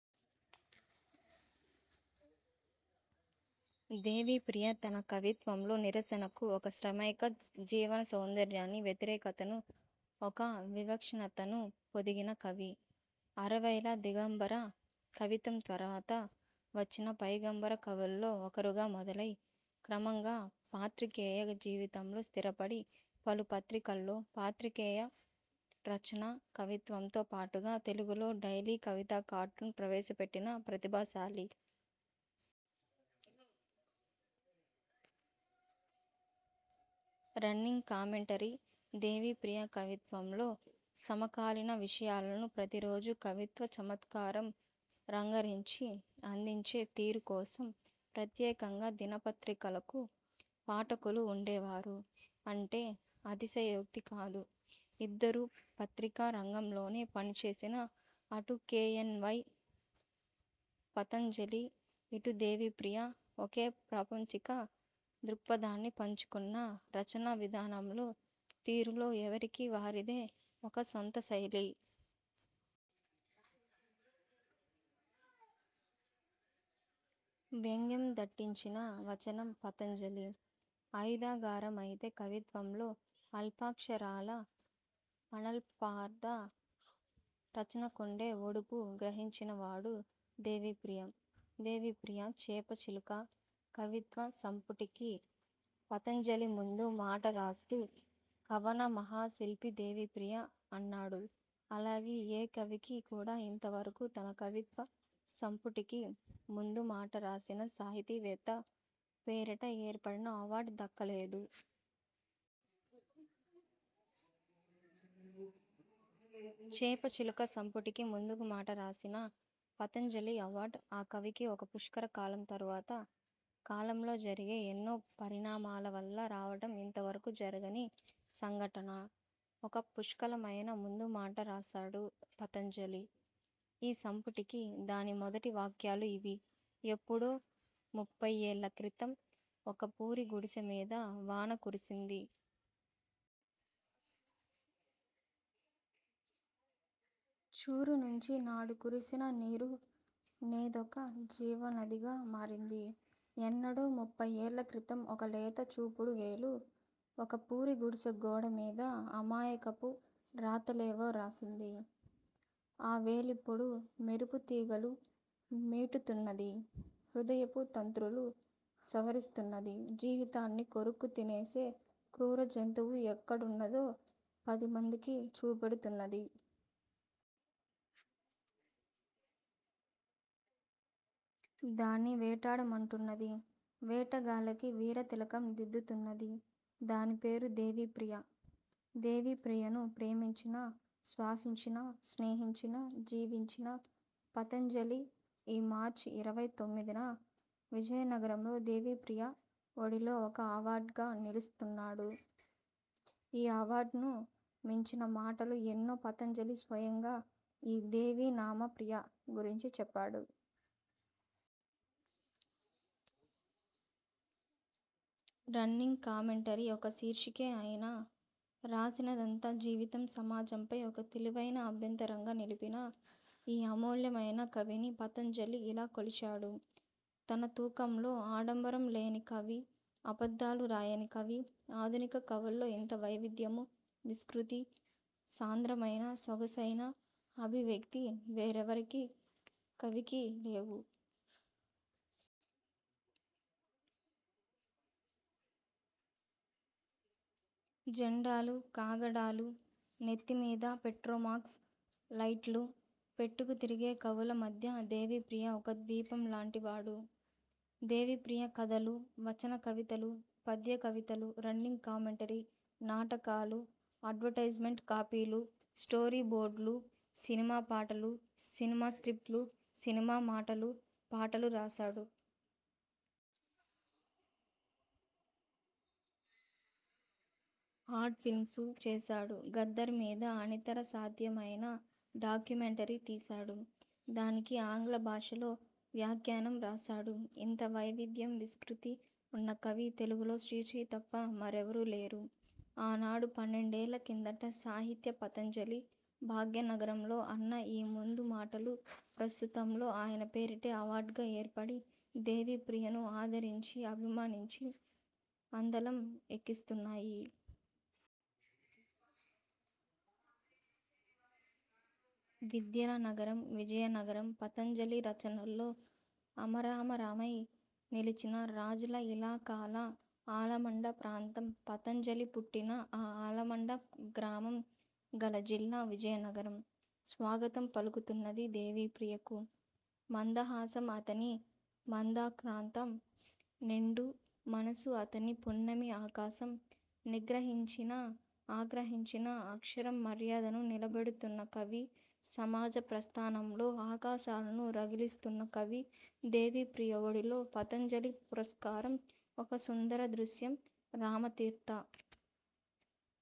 దేవిప్రియ తన కవిత్వంలో నిరసనకు ఒక శ్రమైక జీవన సౌందర్యాన్ని, వ్యతిరేకతకు ఒక విలక్షణతను పొదిగిన కవి. అరవైల దిగంబర కవిత్వం తర్వాత వచ్చిన పైగంబర కవుల్లో ఒకరుగా మొదలై, క్రమంగా పాత్రికేయ జీవితంలో స్థిరపడి, పలు పత్రికల్లో, పాత్రికేయ రచన, కవిత్వంతో పాటుగా, తెలుగులో డైలీ కవితా కార్టూన్ ప్రవేశపెట్టిన ప్రతిభాశాలి. రన్నింగ్ కామెంటరీ దేవిప్రియ కవిత్వంలో సమకాలీన విషయాలను ప్రతీ రోజూ కవిత్వ చమత్కారం రంగరించి, అందించే తీరు కోసం, ప్రత్యేకంగా దినపత్రికలకు పాఠకులు ఉండేవారు అంటే, అతిశయోక్తి కాదు. ఇద్దరూ పత్రికా రంగంలోనే పనిచేసినా, అటు కె. ఎన్. వై. పతంజలి, ఇటు దేవిప్రియ, ఒకే ప్రాపంచిక దృక్పథాన్ని పంచుకున్నా, రచనా విధానంలో, తీరులో ఎవరికి వారిదే ఒక సొంత శైలి. వ్యంగ్యం దట్టించిన వచనం పతంజలి ఆయుధాగారం అయితే, కవిత్వంలో అల్పాక్షరాల అనల్పార్ధ రచనకుండే ఒడుపు గ్రహించిన వాడు దేవిప్రియ. దేవిప్రియ ''చేప చిలుక'' కవిత్వ సంపుటికి పతంజలి ముందు మాట రాస్తూ ''కవన మహాశిల్పి దేవిప్రియ'' అన్నాడు. అలాగే, ఏ కవికి కూడా ఇంతవరకూ, తన కవిత్వ సంపుటికి ముందు మాట రాసిన సాహితీ వేత్త పేరిట ఏర్పడిన అవార్డ్ దక్కలేదు. ''చేపచిలుక'' సంపుటికి ముందుమాట రాసిన పతంజలి అవార్డ్, ఆ కవికి ఒక పుష్కర కాలం తరువాత, కాలంలో జరిగే ఎన్నో పరిణామాల వల్ల రావడం ఇంతవరకూ జరగని సంఘటన. ఒక పుష్కలమైన ముందుమాట రాశాడు పతంజలి ఈ సంపుటికి.. దాని మొదటి వాక్యాలు ఇవి. ''ఎప్పుడో ముప్ఫయ్యేళ్ళ క్రితం ఒక పూరి గుడిసె మీద వాన కురిసింది. చూరు నుంచి నాడు కురిసిన నీరు నేదొక జీవనదిగా మారింది. ఎన్నడో ముప్ఫయ్యేళ్ళ క్రితం, ఒక లేత చూపుడు వేలు ఒక పూరి గుడిసె గోడ మీద అమాయకపు రాతలేవో రాసింది. ఆ వేలిప్పుడు మెరుపు తీగలు మీటుతున్నది, హృదయపు తంత్రులు సవరిస్తున్నది. జీవితాన్ని కొరుక్కు తినేసే క్రూర జంతువు ఎక్కడున్నదో పదిమందికీ చూపెడుతున్నది. దాన్ని వేటాడమంటున్నది. వేటగాళ్ళకి వీర తిలకం దిద్దుతున్నది. దాని పేరు దేవిప్రియ. '' దేవిప్రియను ప్రేమించిన, శ్వాసించిన, స్నేహించిన, జీవించిన పతంజలి, ఈ మార్చ్ ఇరవై తొమ్మిదిన విజయనగరంలో, దేవిప్రియ ఒడిలో ఒక అవార్డ్గా నిలుస్తున్నాడు. ఈ అవార్డ్ను మించిన మాటలు ఎన్నో పతంజలి స్వయంగా, ఈ ''దేవినామప్రియ'' గురించి చెప్పాడు. ''రన్నింగ్ కామెంటరీ'' ఒక శీర్షికే అయినా, రాసినదంతా, జీవితం, సమాజంపై ఒక తెలివైన అభ్యంతరంగా నిలిపిన ఈ అమూల్యమైన కవిని పతంజలి ఇలా కొలిచాడు తన తూకంలో. ''ఆడంబరం లేని కవి. అబద్ధాలు రాయని కవి. ఆధునిక కవుల్లో ఇంత వైవిధ్యమూ, విస్తృతీ, సాంద్రమైన, సొగసైన అభివ్యక్తీ వేరెవరికీ కవికీ లేవు''. ''జెండాలు, కాగడాలు, నెత్తి మీద పెట్రోమాక్స్ లైట్లు పెట్టుకు తిరిగే కవుల మధ్య దేవిప్రియ ఒక ద్వీపం లాంటి వాడు''. ''దేవిప్రియ కథలు, వచనకవితలు, పద్య కవితలు, రన్నింగ్ కామెంటరీ, నాటకలూ, అడ్వర్టైజ్మెంట్ కాపీలు, స్టోరీ బోర్డ్లూ, సినిమా పాటలు, సినిమా స్క్రిప్ట్లు, సినిమా మాటలు, పాటలు రాశాడు. ఆడ్ ఫిల్మ్లు చేశాడు. గద్దర్ మీద అనితరసాధ్యమైన డాక్యుమెంటరీ తీశాడు. దానికి ఆంగ్ల భాషలో వ్యాఖ్యానం రాశాడు. ఇంత వైవిధ్యం విస్తృతీ ఉన్న కవి, తెలుగులో శ్రీశ్రీ తప్ప మరెవరూ లేరు. '' ఆనాడు పన్నెండేళ్ళ కిందట, సాహిత్య పతంజలి, భాగ్యనగరంలో అన్న ఈ ముందు మాటలు, ప్రస్తుతంలో ఆయన పేరిటే అవార్డ్గా ఏర్పడి, దేవిప్రియను ఆదరించి, అభిమానించి, అందలం ఎక్కిస్తున్నాయి. విద్యల నగరం విజయనగరం, పతంజలి రచనల్లో అజరామరమై నిలిచిన రాజుల ఇలాకాల ఆలమండ ప్రాంతం, పతంజలి పుట్టిన ఆ ఆలమండ గ్రామం గల జిల్లా విజయనగరం, స్వాగతం పలుకుతున్నది దేవిప్రియకు. మందహాసం అతని మందాక్రాంతం. నిండు మనసు అతని పున్నమి ఆకాశం. నిగ్రహించినా, ఆగ్రహించినా అక్షరం మర్యాదను నిలబెడుతున్న కవి, సమాజ ప్రస్థానంలో ఆకాశాలను రగిలిస్తున్న కవి, దేవిప్రియ ఒడిలో, పతంజలి పురస్కారం, ఒక సుందర దృశ్యం. -రామతీర్థ